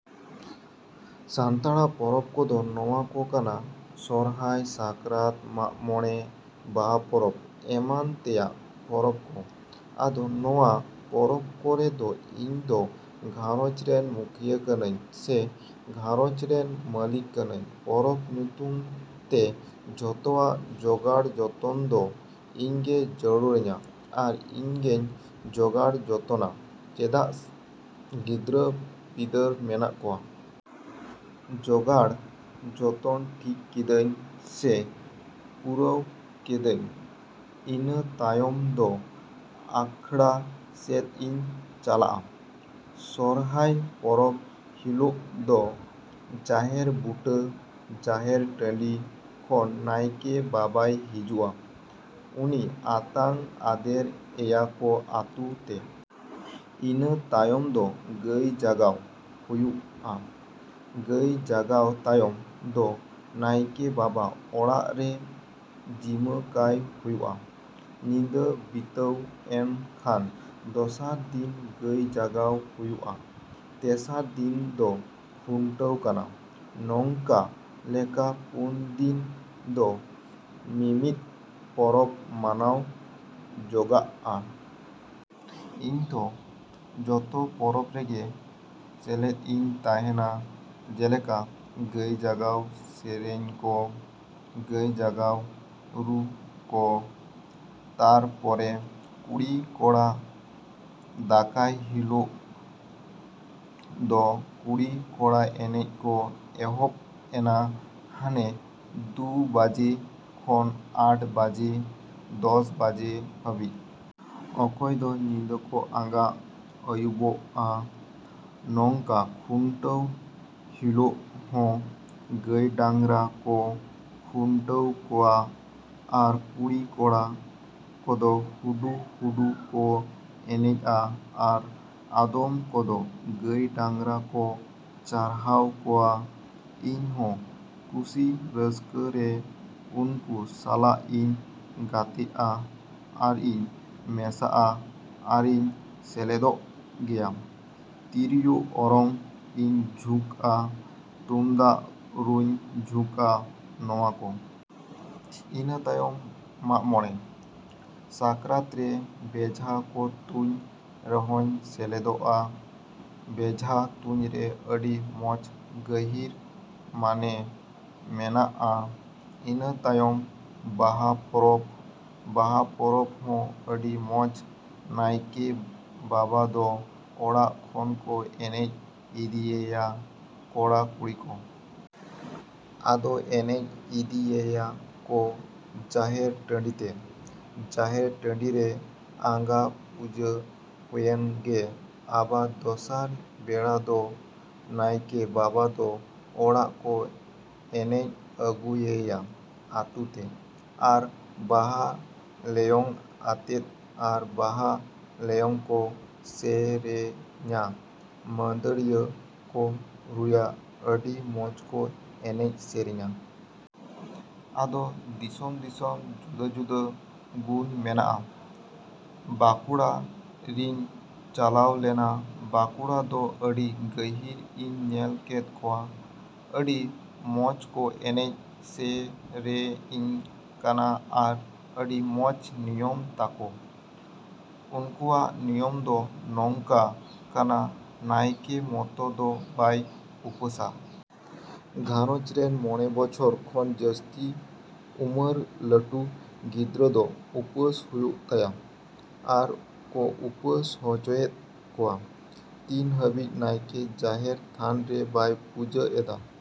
‎ᱥᱟᱱᱛᱟᱲᱟᱜ ᱯᱚᱨᱚᱵᱽ ᱠᱚᱫᱚ ᱱᱚᱶᱟ ᱠᱚ ᱠᱟᱱᱟ ᱥᱚᱨᱦᱟᱭ, ᱥᱟᱠᱨᱟᱛ, ᱢᱟᱜ ᱢᱚᱲᱮ, ᱵᱟᱦᱟ, ᱯᱚᱨᱚᱵᱽ ᱮᱢᱟᱱ ᱛᱮᱭᱟᱜ ᱯᱚᱨᱚᱵᱽ ᱠᱚ᱾ ᱟᱫᱚ ᱱᱚᱶᱟ ᱯᱚᱨᱚᱵᱽ ᱠᱚᱨᱮ ᱫᱚ ᱤᱧ ᱫᱚ ᱜᱷᱟᱸᱨᱚᱧᱡᱽ ᱨᱮᱱ ᱢᱩᱠᱷᱤᱭᱟᱹ ᱠᱟᱹᱱᱟᱹᱧ ᱥᱮ ᱜᱷᱟᱸᱨᱚᱧᱡᱽ ᱨᱮᱱ ᱢᱟᱹᱞᱤᱠ ᱠᱟᱹᱱᱟᱹᱧ᱾ ᱯᱚᱨᱚᱵᱽ ᱧᱩᱛᱩᱢ ᱛᱮ ᱡᱚᱛᱚᱣᱟᱜ ᱡᱚᱜᱟᱲ ᱡᱚᱛᱚᱱ ᱫᱚ ᱤᱧ ᱜᱮ ᱡᱟᱹᱨᱩᱲᱟᱹᱧᱟ ᱟᱨ ᱤᱧ ᱜᱤᱧ ᱡᱚᱜᱟᱲ ᱡᱚᱛᱚᱱᱟ ᱪᱮᱫᱟᱜ ᱜᱤᱫᱟᱹᱨ ᱯᱤᱫᱟᱹᱨ ᱢᱮᱱᱟᱜ ᱠᱚᱣᱟ᱾ ᱡᱚᱜᱟᱲ ᱡᱚᱛᱚᱱ ᱴᱷᱤᱠ ᱠᱤᱫᱟᱹᱧ ᱥᱮ ᱯᱩᱨᱟᱹᱣ ᱠᱮᱫᱟᱹᱧ ᱤᱱᱟᱹ ᱛᱟᱭᱚᱢ ᱫᱚ ᱟᱠᱷᱲᱟ ᱥᱮᱫ ᱤᱧ ᱪᱟᱞᱟᱜᱼᱟ᱾ ᱥᱚᱨᱦᱟᱭ ᱯᱚᱨᱚᱵᱽ ᱦᱤᱞᱳᱜ ᱫᱚ ᱡᱟᱦᱮᱨ ᱵᱩᱴᱟᱹ, ᱡᱟᱦᱮᱨ ᱴᱟᱺᱰᱤ ᱠᱷᱚᱱ ᱱᱟᱭᱠᱮ ᱵᱟᱵᱟᱭ ᱦᱤᱡᱩᱜᱼᱟ᱾ ᱩᱱᱤ ᱟᱛᱟᱝ ᱟᱫᱮᱨ ᱮᱭᱟ ᱠᱚ ᱟᱹᱛᱩ ᱛᱮ᱾ ᱤᱱᱟᱹ ᱛᱟᱭᱚᱢ ᱫᱚ ᱜᱟᱹᱭ ᱡᱟᱜᱟᱣ ᱦᱩᱭᱩᱜᱼᱟ᱾ ᱜᱟᱹᱭ ᱡᱟᱜᱟᱣ ᱛᱟᱭᱚᱢ ᱫᱚ ᱱᱟᱭᱠᱮ ᱵᱟᱵᱟ ᱚᱲᱟᱜ ᱨᱮ ᱡᱤᱢᱢᱟᱹ ᱠᱟᱭ ᱦᱩᱭᱩᱜᱼᱟ᱾ ᱧᱤᱫᱟᱹ ᱵᱤᱛᱟᱹᱣ ᱮᱱ ᱠᱷᱟᱱ ᱫᱚᱥᱟᱨ ᱫᱤᱱ ᱜᱟᱹᱭ ᱡᱟᱜᱟᱣ ᱦᱩᱭᱩᱜᱼᱟ᱾ ᱛᱮᱥᱟᱨ ᱫᱤᱱ ᱫᱚ ᱠᱷᱩᱱᱴᱟᱹᱣ ᱠᱟᱱᱟ᱾ ᱱᱚᱝᱠᱟ ᱞᱮᱠᱟ ᱯᱩᱱ ᱫᱤᱱ ᱫᱚ ᱢᱤᱢᱤᱫ ᱯᱚᱨᱚᱵᱽ ᱢᱟᱱᱟᱣ ᱡᱚᱜᱟᱜᱼᱟ᱾ ᱤᱧ ᱫᱚ ᱡᱚᱛᱚ ᱯᱚᱨᱚᱵᱽ ᱨᱮᱜᱮ ᱥᱮᱞᱮᱫ ᱤᱧ ᱛᱟᱦᱮᱸᱱᱟ ᱡᱮᱞᱮᱠᱟ, ᱜᱟᱹᱭ ᱡᱟᱜᱟᱣ ᱥᱮᱨᱮᱧ ᱠᱚ, ᱜᱟᱹᱭ ᱡᱟᱜᱟᱣ ᱨᱩ ᱠᱚ, ᱛᱟᱨᱯᱚᱨᱮ ᱠᱩᱲᱤ ᱠᱚᱲᱟ ᱫᱟᱠᱟᱭ ᱦᱤᱞᱳᱜ ᱫᱚ ᱠᱩᱲᱤ ᱠᱚᱲᱟ ᱮᱱᱮᱡ ᱠᱚ ᱮᱦᱚᱵᱽ ᱮᱱᱟ ᱦᱟᱱᱮ ᱫᱩ ᱵᱟᱡᱮ ᱠᱷᱚᱱ ᱟᱴ ᱵᱟᱡᱮ, ᱫᱚᱥ ᱵᱟᱡᱮ ᱦᱟᱹᱵᱤᱡ᱾ ᱚᱠᱚᱭ ᱫᱚ ᱧᱤᱫᱟᱹ ᱠᱚ ᱟᱸᱜᱟ ᱟᱹᱭᱩᱵᱚᱜᱼᱟ ᱱᱚᱝᱠᱟ᱾ ᱠᱷᱩᱱᱴᱟᱹᱣ ᱦᱤᱞᱳᱜ ᱦᱚᱸ ᱜᱟᱹᱭ ᱰᱟᱝᱨᱟ ᱠᱚ ᱠᱷᱩᱱᱴᱟᱹᱣ ᱠᱚᱣᱟ ᱟᱨ ᱠᱩᱲᱤ ᱠᱚᱲᱟ ᱠᱚᱫᱚ ᱦᱩᱰᱩ ᱦᱩᱰᱩ ᱠᱚ ᱮᱱᱮᱡᱟ ᱟᱨ ᱟᱫᱚᱢ ᱠᱚᱫᱚ ᱜᱟᱹᱭ ᱰᱟᱝᱨᱟ ᱠᱚ ᱪᱟᱨᱦᱟᱣ ᱠᱚᱣᱟ᱾ ᱤᱧᱦᱚᱸ ᱠᱩᱥᱤ ᱨᱟᱹᱥᱠᱟᱹ ᱨᱮ ᱩᱱᱠᱩ ᱥᱟᱞᱟᱜ ᱤᱧ ᱜᱟᱛᱮᱜᱼᱟ ᱟᱨᱤᱧ ᱢᱮᱥᱟᱜᱼᱟ ᱟᱨᱤᱧ ᱥᱮᱞᱮᱫᱚᱜ ᱜᱮᱭᱟ, ᱛᱤᱨᱤᱭᱳ ᱚᱨᱚᱝ ᱤᱧ ᱡᱷᱩᱠᱼᱟ, ᱛᱩᱢᱫᱟᱜ ᱨᱩᱧ ᱡᱷᱩᱠᱼᱟ ᱱᱚᱶᱟ ᱠᱚ᱾ ᱤᱱᱟᱹ ᱛᱟᱭᱚᱢ ᱢᱟᱜᱽ ᱢᱚᱬᱮ᱾ ᱥᱟᱠᱨᱟᱛ ᱨᱮ ᱵᱮᱡᱷᱟ ᱠᱚ ᱛᱩᱧ ᱨᱮᱦᱚᱸᱧ ᱥᱮᱞᱮᱫᱚᱜᱼᱟ᱾ ᱵᱮᱡᱷᱟ ᱛᱩᱧᱨᱮ ᱟᱹᱰᱤ ᱢᱚᱸᱡᱽ ᱜᱟᱹᱦᱤᱨ ᱢᱟᱱᱮ ᱢᱮᱱᱟᱜᱼᱟ᱾ ᱤᱱᱟᱹ ᱛᱟᱭᱚᱢ ᱵᱟᱦᱟ ᱯᱚᱨᱚᱵᱽ᱾ ᱵᱟᱦᱟ ᱯᱚᱨᱚᱵᱽ ᱦᱚᱸ ᱟᱹᱰᱤ ᱢᱚᱸᱡᱽ᱾ ᱱᱟᱭᱠᱮ ᱵᱟᱵᱟ ᱫᱚ ᱚᱲᱟᱜ ᱠᱷᱚᱱ ᱠᱚ ᱮᱱᱮᱡ ᱤᱫᱤᱭᱮᱭᱟ ᱠᱚᱲᱟ ᱠᱩᱲᱤ ᱠᱚ᱾ ᱟᱫᱚ ᱮᱱᱮᱡ ᱤᱫᱤᱭᱮᱭᱟ ᱠᱚ ᱡᱟᱦᱮᱨ ᱴᱟᱺᱰᱤᱛᱮ᱾ ᱡᱟᱦᱮᱨ ᱴᱟᱺᱰᱤ ᱨᱮ ᱟᱸᱜᱟ ᱯᱩᱡᱟᱹ ᱦᱩᱭᱮᱱ ᱜᱮ ᱟᱵᱟᱨ ᱫᱚᱥᱟᱨ ᱵᱮᱲᱟ ᱫᱚ ᱱᱟᱭᱠᱮ ᱵᱟᱵᱟ ᱫᱚ ᱚᱲᱟᱜ ᱠᱚ ᱮᱱᱮᱡ ᱟᱹᱜᱩᱭᱮᱭᱟ ᱟᱹᱛᱩᱛᱮ ᱟᱨ ᱵᱟᱦᱟ ᱞᱮᱭᱚᱝ ᱟᱛᱮᱫ ᱟᱨ ᱵᱟᱦᱟ ᱞᱮᱭᱚᱝ ᱠᱚ ᱥᱮᱹᱨᱮᱹᱧᱟ, ᱢᱟᱹᱫᱟᱹᱲᱤᱭᱟᱹ ᱠᱚ ᱨᱩᱭᱟ, ᱟᱹᱰᱤ ᱢᱚᱸᱡᱽ ᱠᱚ ᱮᱱᱮᱡ ᱥᱮᱨᱮᱧᱟ᱾ ᱟᱫᱚ ᱫᱤᱥᱚᱢ ᱫᱤᱥᱚᱢ ᱡᱩᱫᱟᱹ ᱡᱩᱫᱟᱹ ᱜᱩᱱ ᱢᱮᱱᱟᱜᱼᱟ᱾ ᱵᱟᱸᱠᱩᱲᱟ ᱨᱤᱧ ᱪᱟᱞᱟᱣ ᱞᱮᱱᱟ᱾ ᱵᱟᱸᱠᱩᱲᱟ ᱫᱚ ᱟᱹᱰᱤ ᱜᱟᱹᱦᱤᱨ ᱤᱧ ᱧᱮᱞ ᱠᱮᱫ ᱠᱚᱣᱟ᱾ ᱟᱹᱰᱤ ᱢᱚᱸᱡᱽ ᱠᱚ ᱮᱱᱮᱡ ᱥᱮᱹᱨᱮᱹᱧ ᱠᱟᱱᱟ ᱟᱨ ᱟᱹᱰᱤ ᱢᱚᱸᱡᱽ ᱱᱤᱭᱚᱢ ᱛᱟᱠᱚ᱾ ᱩᱱᱠᱩᱣᱟᱜ ᱱᱤᱭᱚᱢ ᱫᱚ ᱱᱚᱝᱠᱟ ᱠᱟᱱᱟ ᱱᱟᱭᱠᱮ ᱢᱚᱛᱚ ᱫᱚ ᱵᱟᱭ ᱩᱯᱟᱹᱥᱟ᱾ ᱜᱷᱟᱸᱨᱚᱧᱡᱽ ᱨᱮᱱ ᱢᱚᱬᱮ ᱵᱚᱪᱷᱚᱨ ᱠᱷᱚᱱ ᱡᱟᱹᱥᱛᱤ ᱩᱢᱟᱹᱨ ᱞᱟᱹᱴᱩ ᱜᱤᱫᱽᱨᱟᱹ ᱫᱚ ᱩᱯᱟᱹᱥ ᱦᱩᱭᱩᱜ ᱛᱟᱭᱟ ᱟᱨ ᱠᱚ ᱩᱯᱟᱹᱥ ᱦᱚᱪᱚᱭᱮᱫ ᱠᱚᱣᱟ᱾ ᱛᱤᱱ ᱦᱟᱹᱵᱤᱡ ᱱᱟᱭᱠᱮ ᱡᱟᱦᱮᱨ ᱛᱷᱟᱱᱨᱮ ᱵᱟᱭ ᱯᱩᱡᱟᱹ ᱮᱫᱟ᱾